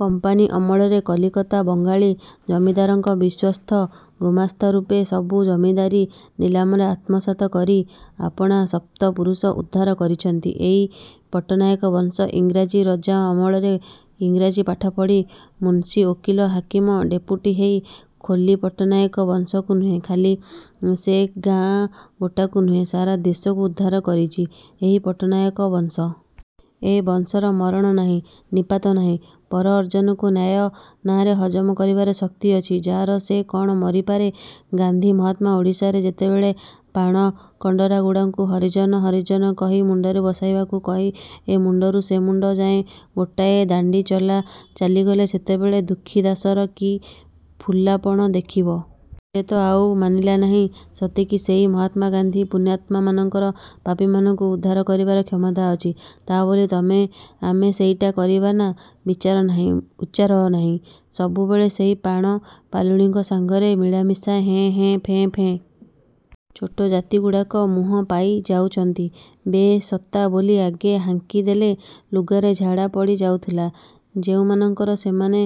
Company ଅମଳରେ କଲିକତା ବଙ୍ଗାଳୀ ଜମିଦାରଙ୍କ ବିଶ୍ୱସ୍ତ ଗୁମାସ୍ତାରୂପେ ସବୁ ଜମିଦାରୀ ନିଲାମରେ ଆତ୍ମସାତ କରି ଆପଣା ସପ୍ତ ପୁରୁଷ ଉଦ୍ଧାର କରିଚନ୍ତି ଏଇ ପଟ୍ଟନାହାକ ବଂଶ। ଇଂରାଜୀ ରଜା ଅମଳରେ ଇଂରାଜୀ ପାଠ ପଢ଼ି ମୁନ୍ସି, ଓକିଲ, ହାକିମ ଡେପୁଟି ହେଇ, ଖୋଲି ପଟ୍ଟନାୟକ ବଂଶକୁ ନୁହେଁ, ଖାଲି ସେ ଗାଁ ଗୋଟାକୁ ନୁହେଁ, ସାରା ଦେଶକୁ ଉଦ୍ଧାର କରିଚି ଏଇ ପଟ୍ଟନାୟକ ବଂଶ। ଏ ବଂଶର ମରଣ ନାହିଁ, ନିପାତ ନାହିଁ, ପର ଅର୍ଜନକୁ ନ୍ୟାୟ ନାଆଁରେ ହଜମ କରିବାରେ ଶକ୍ତି ଅଛି ଯା'ର, ସେ କ'ଣ ମରିପାରେ? ଗାନ୍ଧି ମାହାତ୍ମା ଓଡ଼ିଶାରେ ଯେତେବେଳେ ପାଣ କଣ୍ତରାଗୁଡ଼ାଙ୍କୁ ହରିଜନ ହରିଜନ କହି ମୁଣ୍ଡରେ ବସାଇବାକୁ କହି ଏ ମୁଣ୍ଡରୁ ସେ ମୁଣ୍ଡ ଯାଏଁ ଗୋଟାଏ ଦାଣ୍ଡି ଚଲା ଚାଲି ଗଲେ, ସେତେବେଳେ ଦୁଃଖୀ ଦାଶର କି ଫୁଲାପଣ ଦେଖିବ! ସେ ତ ଆଉ ମାନିଲା ନାହିଁ। ସତେକି ସେଇ ମହାତ୍ମା ଗାନ୍ଧି। ପୁଣ୍ୟାତ୍ମାମାନଙ୍କର ପାପୀମାନଙ୍କୁ ଉଦ୍ଧାର କରିବାର କ୍ଷମତା ଅଛି, ତା' ବୋଲି ତମେ ଆମେ ସେଇଟା କରିବାନା। ବିଚାର ନାହିଁ, ଉଚାର ନାହିଁ, ସବୁବେଳେ ସେଇ ପାଣ ପାଲୁଣୀଙ୍କ ସାଙ୍ଗରେ ମିଳାମିଶା, ହେଁ, ହେଁ, ଫେଁ, ଫେଁ। ଛୋଟ ଜାତିଗୁଡ଼ାକ ମୁହଁ ପାଇ ଯାଉଛନ୍ତି। 'ବେ ଶତା' ବୋଲି ଆଗେ ହାଙ୍କି ଦେଲେ ଲୁଗାରେ ଝାଡ଼ା ପଡ଼ି ଯାଉଥିଲା ଯେଉଁମାନଙ୍କର, ସେମାନେ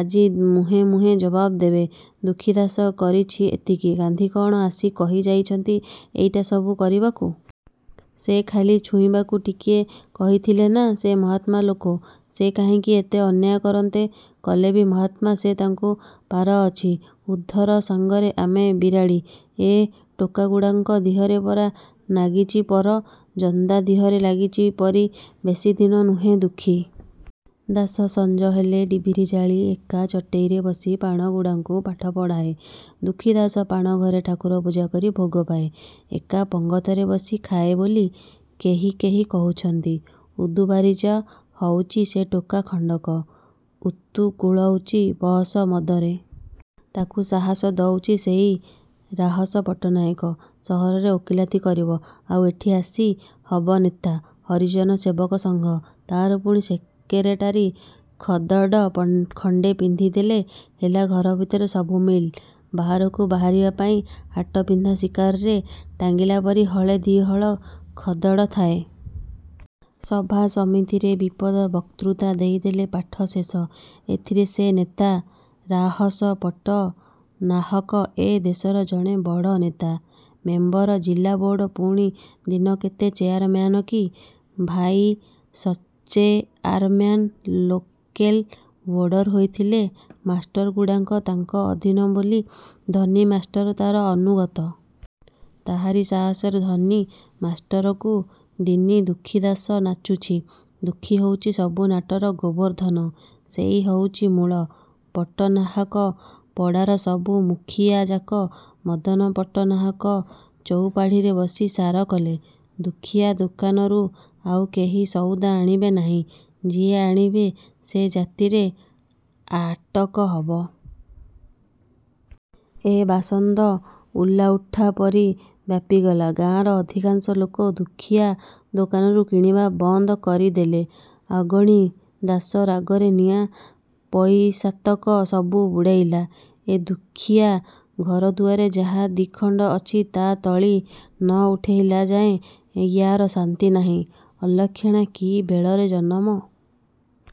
ଆଜି ମୁହେଁ ମୁହେଁ ଜବାବ ଦେବେ। ଦୁଃଖୀ ଦାଶ କରିଛି ଏତିକି। ଗାନ୍ଧି କ'ଣ ଆସି କହି ଯାଇଛନ୍ତି ଏଇଟା ସବୁ କରିବାକୁ। ସେ ଖାଲି ଛୁଇଁବାକୁ ଟିକିଏ କହିଥିଲେନା। ସେ ମହାତ୍ମା ଲୋକ, ସେ କାହିଁକି ଏତେ ଅନ୍ୟାୟ କରନ୍ତେ! କଲେବି ମହାତ୍ମା ସେ ତାଙ୍କୁ ପାର ଅଛି। ଉଧର ସାଙ୍ଗରେ ଆମେ ବିରାଡ଼ି! ଏ ଟୋକାଗୁଡ଼ାଙ୍କ ଦିହରେ ପରା ନାଗିଚି, ପର, ଜନ୍ଦା ଦିହରେ ଲାଗିଲା ପରି, ବେଶି ଦିନ ନୁହେଁ। ଦୁଃଖୀ ଦାଶ ସଞ୍ଜ ହେଲେ ଡିବିରି ଜାଳି ଏକା ଚଟେଇରେ ବସି ପାଣଗୁଡ଼ାଙ୍କୁ ପାଠ ପଢ଼ାଏ। ଦୁଃଖୀ ଦାଶ ପାଣ ଘରେ ଠାକୁର ପୂଜା କରି ଭୋଗ ପାଏ, ଏକା ପଙ୍ଗତରେ ବସି ଖାଏ ବୋଲିବି କେହି କେହି କହୁଛନ୍ତି। ଉଦୁବାରିଜା ହଉଚି ସେ ଟୋକା ଖଣ୍ଡକ, ଉତୁକୁଳଉଚି ବଅସ ମଦରେ। ତାକୁ ସାହସ ଦଉଚି ସେଇ ରାହସ ପଟ୍ଟନାୟକ। ସହରରେ ଓକିଲାତି କରିବ। ଆଉ ଏଠି ଆସି ହବ ନେତା। ହରିଜନ ସେବକ ସଂଘ, ତା'ର ପୁଣି ସେକେରେଟାରୀ। ଖଦଡ଼ ଖଣ୍ଡେ ପିନ୍ଧିଦେଲେ ହେଲା। ଘର ଭିତରେ ସବୁ ମିଲ୍। ବାହାରକୁ ବାହାରିବା ପାଇଁ ହାଟ ପିନ୍ଧା ଶିକାରେ ଟାଙ୍ଗିଲା ପରି ହଳେ ଦି'ହଳ ଖଦଡ଼ ଥାଏ। ସଭା ସମିତିରେ ଦିପଦ ବକ୍ତୃତା ଦେଇଦେଲେ ପାଠ ଶେଷ। ସେଥିରେ ସେ ନେତା। ରାହସ ପଟ୍ଟନାହକ ଏ ଦେଶରେ ଜଣେ ବଡ଼ ନେତା। ମେମ୍ବର ଜିଲାବୋର୍ଡ଼, ପୁଣି ଦିନ କେତେ ଚେଆରମ୍ୟାନ କି ଭାଇସଚେଆରମ୍ୟାନ ଲୋକେଲ ବୋର୍ଡ଼ର ହେଇଥିଲେ। ମାଷ୍ଟରଗୁଡ଼ାଙ୍କ ତାଙ୍କ ଅଧୀନ ବୋଲି ଧନୀ ମାଷ୍ଟର ତା'ର ଅନୁଗତ। ତାହାରି ସାହସରେ ଧନୀ ମାଷ୍ଟରକୁ ଦିନି ଦୁଃଖୀ ଦାଶ ନାଚୁଛି। ଦୁଃଖୀ ହଉଚି ସବୁ ନାଟର ଗୋବର୍ଦ୍ଧନ। ସେଇ ହଉଚି ମୂଳ। ପଟ୍ଟନାହାକ ପଡ଼ାର ସବୁ ମୁଖିଆଯାକ ମଦନ ପଟ୍ଟନାହାକ ଚଉପାଢ଼ିରେ ବସି ସାର କଲେ, ଦୁଃଖୀଆ ଦୋକାନରୁ ଆଉ କେହି ସଉଦା ଆଣିବେ ନାହିଁ। ଯିଏ ଆଣିବେ ସେ ଜାତିରେ ଆଟକ ହବ। ଏ ବାସନ୍ଦ ଉଲାଉଠା ପରି ବ୍ୟାପିଗଲା। ଗାଁର ଅଧିକାଂଶ ଲୋକ ଦୁଃଖୀଆ ଦୋକାନରୁ କିଣିବା ବନ୍ଦ କରିଦେଲେ। ଅଗଣି ଦାଶ ରାଗରେ ନିଆଁ। ପଇସାତକ ସବୁ ବୁଡ଼େଇଲା ଏ ଦୁଃଖୀଆ। ଘରଦୁଆର ଯାହା ଦିଖଣ୍ଡ ଅଛି ତା' ତଳି ନ ଉଠେଇଲା ଯାଏଁ ୟାର ଶାନ୍ତି ନାହିଁ। ଅଲକ୍ଷଣା କି ବେଳରେ ଜନମ।